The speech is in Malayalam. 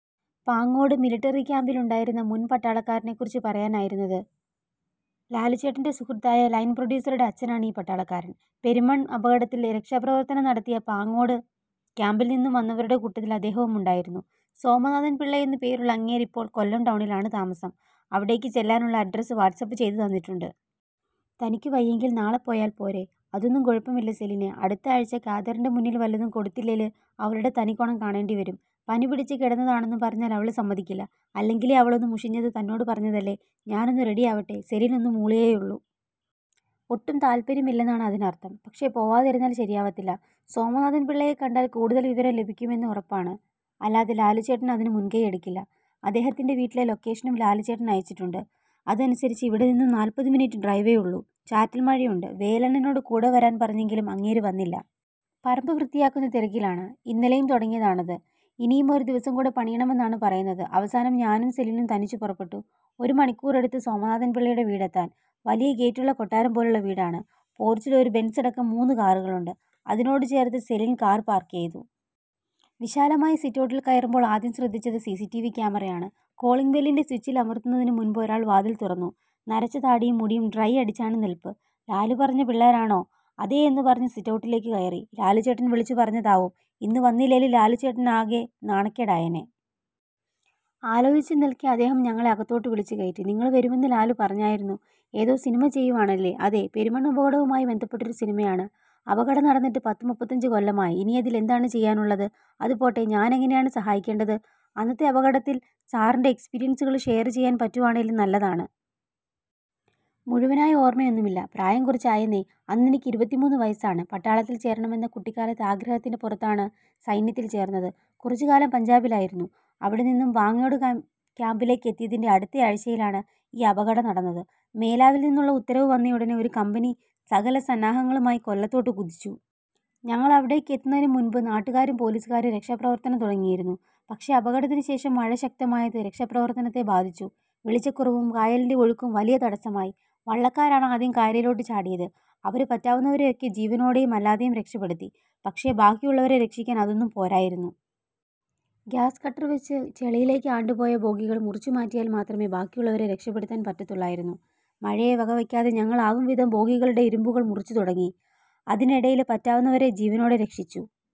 പാങ്ങോട് മിലിട്ടറി ക്യാമ്പിലുണ്ടായിരുന്ന മുൻ പട്ടാളക്കാരനെക്കുറിച്ച് പറയാനായിരുന്നത്. ലാലുച്ചേട്ടന്റെ സുഹൃത്തായ ലൈൻപ്രൊഡ്യൂസറുടെ അച്ഛനാണ് ഈ പട്ടാളക്കാരൻ. പെരുമൺ അപകടത്തിൽ രക്ഷാപ്രവർത്തനം നടത്തിയ പാങ്ങോട് ക്യാമ്പിൽ നിന്നും വന്നവരുടെ കൂട്ടത്തിൽ അദ്ദേഹവുമുണ്ടായിരുന്നു. സോമനാഥൻ പിള്ളയെന്നു പേരുള്ള അങ്ങേര് ഇപ്പോൾ കൊല്ലം ടൗണിലാണ് താമസം. അവിടേക്ക് ചെല്ലാനുളള അഡ്രസ് വാട്സാപ്പ് ചെയ്തു തന്നിട്ടുണ്ട്. "തനിക്ക് വയ്യെങ്കിൽ നാളെ പോയാൽ പോരേ? " "അതൊന്നും കുഴപ്പമില്ല സെലിനേ. അടുത്ത ആഴ്ച കാതറിന്റെ മുന്നിൽ വല്ലതും കൊടുത്തില്ലേല് അവളുടെ തനിക്കൊണം കാണേണ്ടി വരും. പനി പിടിച്ച് കിടന്നതാണെന്നും പറഞ്ഞാല് അവള് സമ്മതിക്കില്ല. അല്ലെങ്കിലേ അവളൊന്നു മുഷിഞ്ഞത് തന്നോട് പറഞ്ഞതല്ലേ? ഞാനൊന്നു റെഡിയാവട്ടെ. " സെലിൻ ഒന്നു മൂളിയേയുള്ളു. ഒട്ടും താത്പര്യമില്ലെന്നാണ് അതിനർത്ഥം. പക്ഷേ പോവാതിരുന്നാൽ ശരിയാവത്തില്ല. സോമനാഥൻ പിള്ളയെ കണ്ടാൽ കൂടുതൽ വിവരം ലഭിക്കുമെന്നു ഉറപ്പാണ്. അല്ലാതെ ലാലുച്ചേട്ടൻ അതിനു മുൻകൈ എടുക്കില്ല. അദ്ദേഹത്തിന്റെ വീട്ടിലെ ലൊക്കേഷനും ലാലുച്ചേട്ടൻ അയച്ചിട്ടുണ്ട്. അതനുസരിച്ച് ഇവിടെ നിന്നും നാൽപ്പതു മിനിറ്റ് ഡ്രൈവേയുള്ളൂ. ചാറ്റൽ മഴയുണ്ട്. വേലണ്ണനോട് കൂടെ വരാൻ പറഞ്ഞെങ്കിലും അങ്ങേര് വന്നില്ല. പറമ്പ് വൃത്തിയാക്കുന്ന തിരക്കിലാണ്. ഇന്നലെ തുടങ്ങിയതാണത്. ഇനിയും ഒരു ദിവസം കൂടെ പണിയണമെന്നാണ് പറയുന്നത്. അവസാനം ഞാനും സെലിനും തനിച്ച് പുറപ്പെട്ടു. ഒരു മണിക്കൂറെടുത്തു സോമനാഥൻ പിള്ളയുടെ വീട് എത്താൻ. വലിയ ഗേറ്റുള്ള കൊട്ടാരം പോലുള്ള വീടാണ്. പോർച്ചിൽ ഒരു ബെൻസടക്കം മൂന്നു കാറുകളുണ്ട്. അതിനോട് ചേർത്ത് സെലിൻ കാർ പാർക്ക് ചെയ്തു. വിശാലമായ സിറ്റൌട്ടിൽ കയറുമ്പോൾ ആദ്യം ശ്രദ്ധിച്ചത് സിസിടിവി ക്യാമറയാണ്. കോളിംഗ് ബെല്ലിന്റെ സ്വിച്ചിൽ അമർത്തുന്നതിനു മുൻപ് ഒരാൾ വാതിൽ തുറന്നു. നരച്ച താടിയും മുടിയും ഡ്രൈ അടിച്ചാണ് നിൽപ്പ്. "ലാലു പറഞ്ഞ പിള്ളാരാണോ? " അതേയെന്നു പറഞ്ഞു സിറ്റൗട്ടിലേക്ക് കയറി. ലാലുച്ചേട്ടൻ വിളിച്ചു പറഞ്ഞതാവും. ഇന്നു വന്നില്ലേല് ലാലുച്ചേട്ടനത് ആകെ നാണക്കേട് ആയേനെ. ആലോചിച്ച് നിൽക്കെ അദ്ദേഹം ഞങ്ങളെ അകത്തോട്ട് വിളിച്ചു കയറ്റി. "നിങ്ങള് വരുമെന്ന് ലാലുപറഞ്ഞായിരുന്നു. ഏതോ സിനിമ ചെയ്യുവാണല്ലേ? " "അതെ, പെരുമൺ അപകടവുമായി ബന്ധപ്പെട്ടൊരു സിനിമയാണ്. " "അപകടം നടന്നിട്ട് പത്തുമുപ്പത്തഞ്ചു കൊല്ലമായി. ഇനിയതിലെന്താണ് ചെയ്യാനുള്ളത്? അതു പോട്ടെ ഞാനെങ്ങനെയാണ് സഹായിക്കേണ്ടത്? " "അന്നത്തെ അപകടത്തിൽ സാറിന്റെ എക്സ്പീരിയൻസുകള് ഷെയർ ചെയ്യാൻ പറ്റുവാണേല് നല്ലതാണ്. " "മുഴുവനായി ഓർമയൊന്നുമില്ല. പ്രായം കുറച്ചായെന്നേ... അന്നെനിക്ക് ഇരുപത്തിമൂന്നു വയസാണ്. പട്ടാളത്തിൽ ചേരണമെന്ന കുട്ടിക്കാലത്തെ ആഗ്രഹത്തിന്റെ പുറത്താണ് സൈന്യത്തിൽ ചേർന്നത്. കുറച്ചുകാലം പഞ്ചാബിലായിരുന്നു. അവിടെനിന്നും പാങ്ങോട് ക്യമ്പിലേക്ക് എത്തിയതിന്റെ അടുത്ത ആഴ്ചയിലാണ് ഈ അപകടം നടന്നത്. മേലാവിൽനിന്നുള്ള ഉത്തരവു വന്നയുടനെ ഒരു കമ്പനി സകല സന്നാഹങ്ങളുമായി കൊല്ലത്തോട്ട് കുതിച്ചു. ഞങ്ങൾ അവിടേക്ക് എത്തുന്നതിനു മുൻപ് നാട്ടുകാരും പൊലീസുകാരും രക്ഷാപ്രവർത്തനം തുടങ്ങിയിരുന്നു. പക്ഷേ, അപകടത്തിനു ശേഷം മഴ ശക്തമായത് രക്ഷാപ്രവർത്തനത്തെ ബാധിച്ചു. വെളിച്ചക്കുറവും കായലിന്റെ ഒഴുക്കും വലിയ തടസമായി. വള്ളക്കാരാണ് ആദ്യം കായലിലോട്ട് ചാടിയത്. അവര് പറ്റാവുന്നവരയൊക്കെ ജീവനോടെയും അല്ലാതെയും രക്ഷപ്പെടുത്തി. പക്ഷേ, ബാക്കിയുള്ളവരെ രക്ഷിക്കാൻ അതൊന്നും പോരായിരുന്നു. ഗ്യാസ് കട്ടർവെച്ച്, ചളിയിലേക്ക് ആണ്ടുപോയ ബോഗികൾ മുറിച്ചു മാറ്റിയാൽ മാത്രമെ ബാക്കിയുള്ളവരെ രക്ഷപ്പെടുത്താൻ പറ്റത്തുള്ളായിരുന്നു. മഴയെ വകവെക്കാതെ ഞങ്ങൾ ആവുംവിധം ബോഗികളുടെ ഇരുമ്പുകൾ മുറിച്ചു തുടങ്ങി. അതിനെടേല് പറ്റാവുന്നവരെ ജീവനോടെ രക്ഷിച്ചു.